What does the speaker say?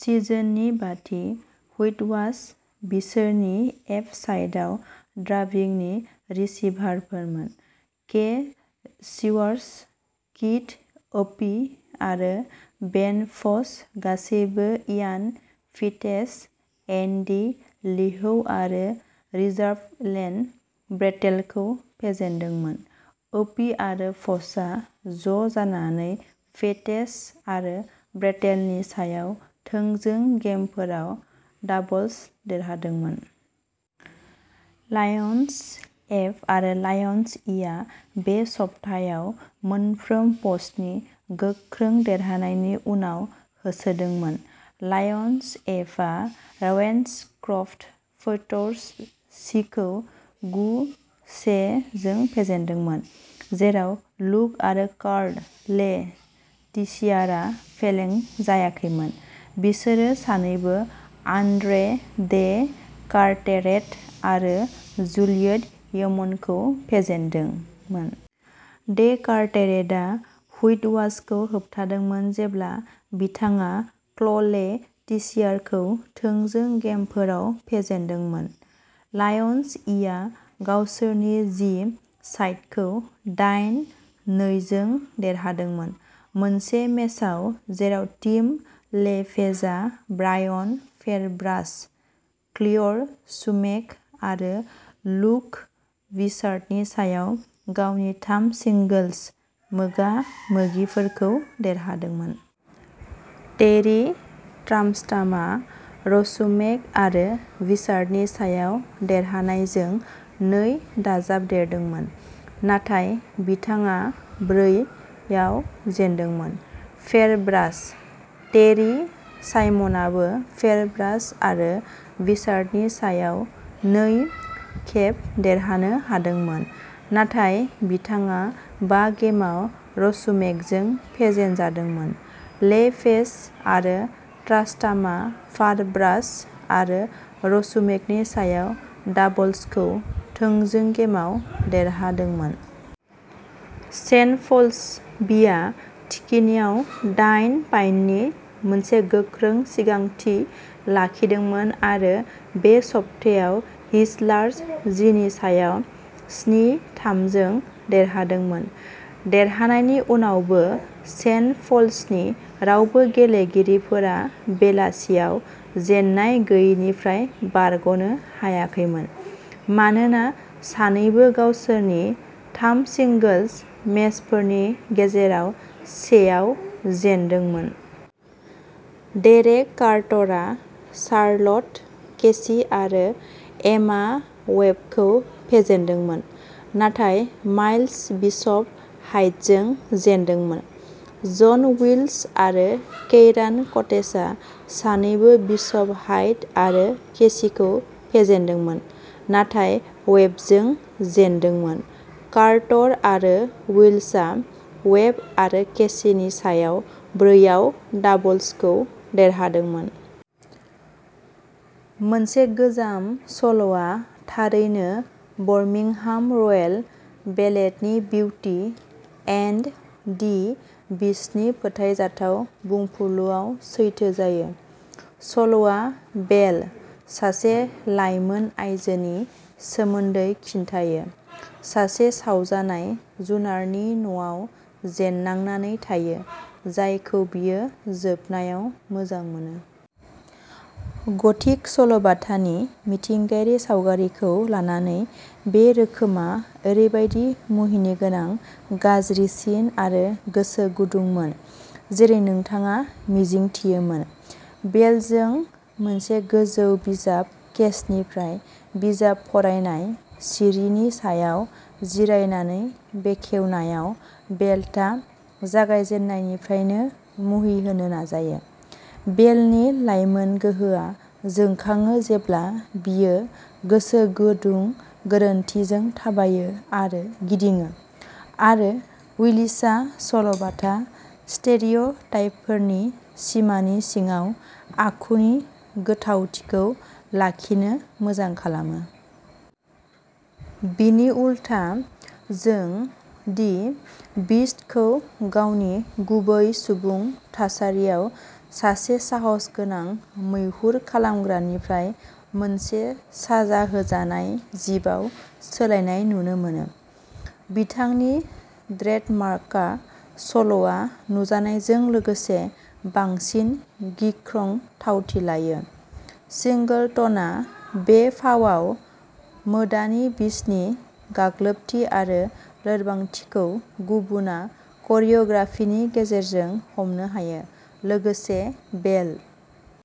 सिजननि बाथि हुइटवाश बिसोरनि एफ साइडआ ड्राबिंनि रिसिभारफोरमोन। के चिवार्स, कीथ ओपि आरो बेन फ'स गासैबो इयान फिटेच, एन्डी लिहौ आरो रिजार्भ लेन ब्रेटेलखौ फेजेनदोंमोन। ओपि आरो फ'सआ ज'जानानै फिटेच आरो ब्रेटेलनि सायाव थोंजों गेमफोराव डाबल्स देरहादोंमोन। लायन्स एफ आरो लायन्स इआ बे सप्तायाव मोनफ्रोम पोस्टनि गोख्रों देरहानायनि उनाव होसोदोंमोन। लायन्स एफआ रेवेन्सक्रफ्ट पैंथर्स सीखौ गु-से जों फेजेनदोंमोन। जेराव लुक आरो कार्ल ले टिसियारआ फेलें जायाखैमोन। बिसोर सानैबो आन्द्रे डे कार्टेरेट आरो जुलियट यमनखौ फेजेनदोंमोन। डे कार्टेरेटआ हुइटवाशखौ होबथादोंमोन जेब्ला बिथाङा क्ल'ले टिसियारखौ थोंजों गेमफोराव फेजेनदोंमोन। लायन्स इआ गावसोरनि जी साइडखौ दाइन -नै जों देरहादोंमोन। मोनसे मेचआव जेराव टिम ले पेजआ ब्रायन फेरब्राच, क्लिय'रसुमेक आरो लुक बिचार्डनि सायाव गावनि थाम सिंगल्स मोगा-मोगिफोरखौ देरहादोंमोन। टेरी ट्रास्टामआ रसुमेक आरो बिचार्डनि सायाव देरहानायजों नै दाजाबदेरदोंमोन। नाथाय बिथाङा ब्रै आव जेनदोंमोन। फेरब्राश। टेरि साइमनआबो फेरब्राश आरो बिचार्डनि सायाव नै खेब देरहानो हादोंमोन। नाथाय बिथाङा बा गेमआव रसुमेकजों फेजेनजादोंमोन। ले पेज आरो ट्रास्टामा फारब्राश आरो रसुमेकनि सायाव डाबल्सखौ थोंजों गेमआव देरहादोंमोन। सेन्ट पल्स बिआ थिखिनिआव दाइन पाइन्टनि मोनसे गोख्रों सिगांथि लाखिदोंमोन आरो बे सप्तायाव हिस्लार्स जिनि सायाव स्नि-थाम जों देरहादोंमोन। देरहानायनि उनावबो सेन्ट पल्सनि रावबो गेलेगिरिफोरा बेलासियाव जेननाय गैयैनिफ्राय बारग'नो हायाखैमोन। मानोना सानैबो गावसोरनि थाम सिंगल्स मेचफोरनि गेजेराव से आव जेनदोंमोन। डेरेक कार्टरआ शार्लट केसि आरो एमा वेबखौ फेजेनदोंमोन। नाथाय माइल्स बिशप हाइटजों जेनदोंमोन। जन विल्स आरो केइरान कटेचा सानैबो बिशप हाइट आरो केसिखौ फेजेनदोंमोन। नाथाय वेबजों जेनदोंमोन। कार्टर आरो विल्सआ वेब आरो केसिनि सायाव ब्रै आव डाबल्सखौ देरहादोंमोन। मोनसे गोजाम सल आ थारैनो बरमिंहाम रयेल बेलेटनि बिउटि एन्ड दि बिस्टनि फोथायजाथाव बुंफुरलुआव सैथो जायो। सल'आ बेल सासे लाइमोन आयजोनि सोमोन्दै खिन्थायो। सासे सावजानाय जुनारनि न'आव जेन्नांनानै थायो। जायखौ बियो जोबनायाव मोजां मोनो। गथिक सल'बाथानि मिथिंगायारि सावगारिखौ लानानै बे रोखोमआ ओरैबायदि मुहिनिगोनां गाज्रिसिन आरो गोसो गुदुंमोन जेरै नोंथाङा मिजिंथियोमोन। बेलजों मोनसे गोजौ बिजाब केसनिफ्राय बिजाब फरायनाय सिरिनि सायाव जिरायनानै बेखेवनायाव बेलेटआ जागायजेन्नायनिफ्रायनो मुहिहोनो नाजायो। बेलनि लाइमोन गोहोआ जोंखाङो जेब्ला बियो गोसो गुदुं गोरोनथिजों थाबायो आरो गिदिङो आरो विलिसआ सल'बाथा स्टेरियोटाइपफोरनि सिमानि सिङाव आखुनि गोथावथिखौ लाखिनो मोजां खालामो। बिनि उलथा जों दि बिस्ट खौ गावनि गुबै सुबुं थासारियाव सासे साहसगोनां मैहुर खालामग्रानिफ्राय मोनसे साजा होजानाय जिबआव सोलायनाय नुनो मोनो। बिथांनि ट्रेडमार्कआ सल'आ नुजानायजों लोगोसे बांसिन गिख्रंथावथि लायो। सिंगलट'नआ बे फावआव मोदानो बिस्टनि गाग्लोबथि आरो लोरबांथिखौ गुबुना करिय'ग्राफिनि गेजेरजों हमनो हायो। लोगोसे बेल।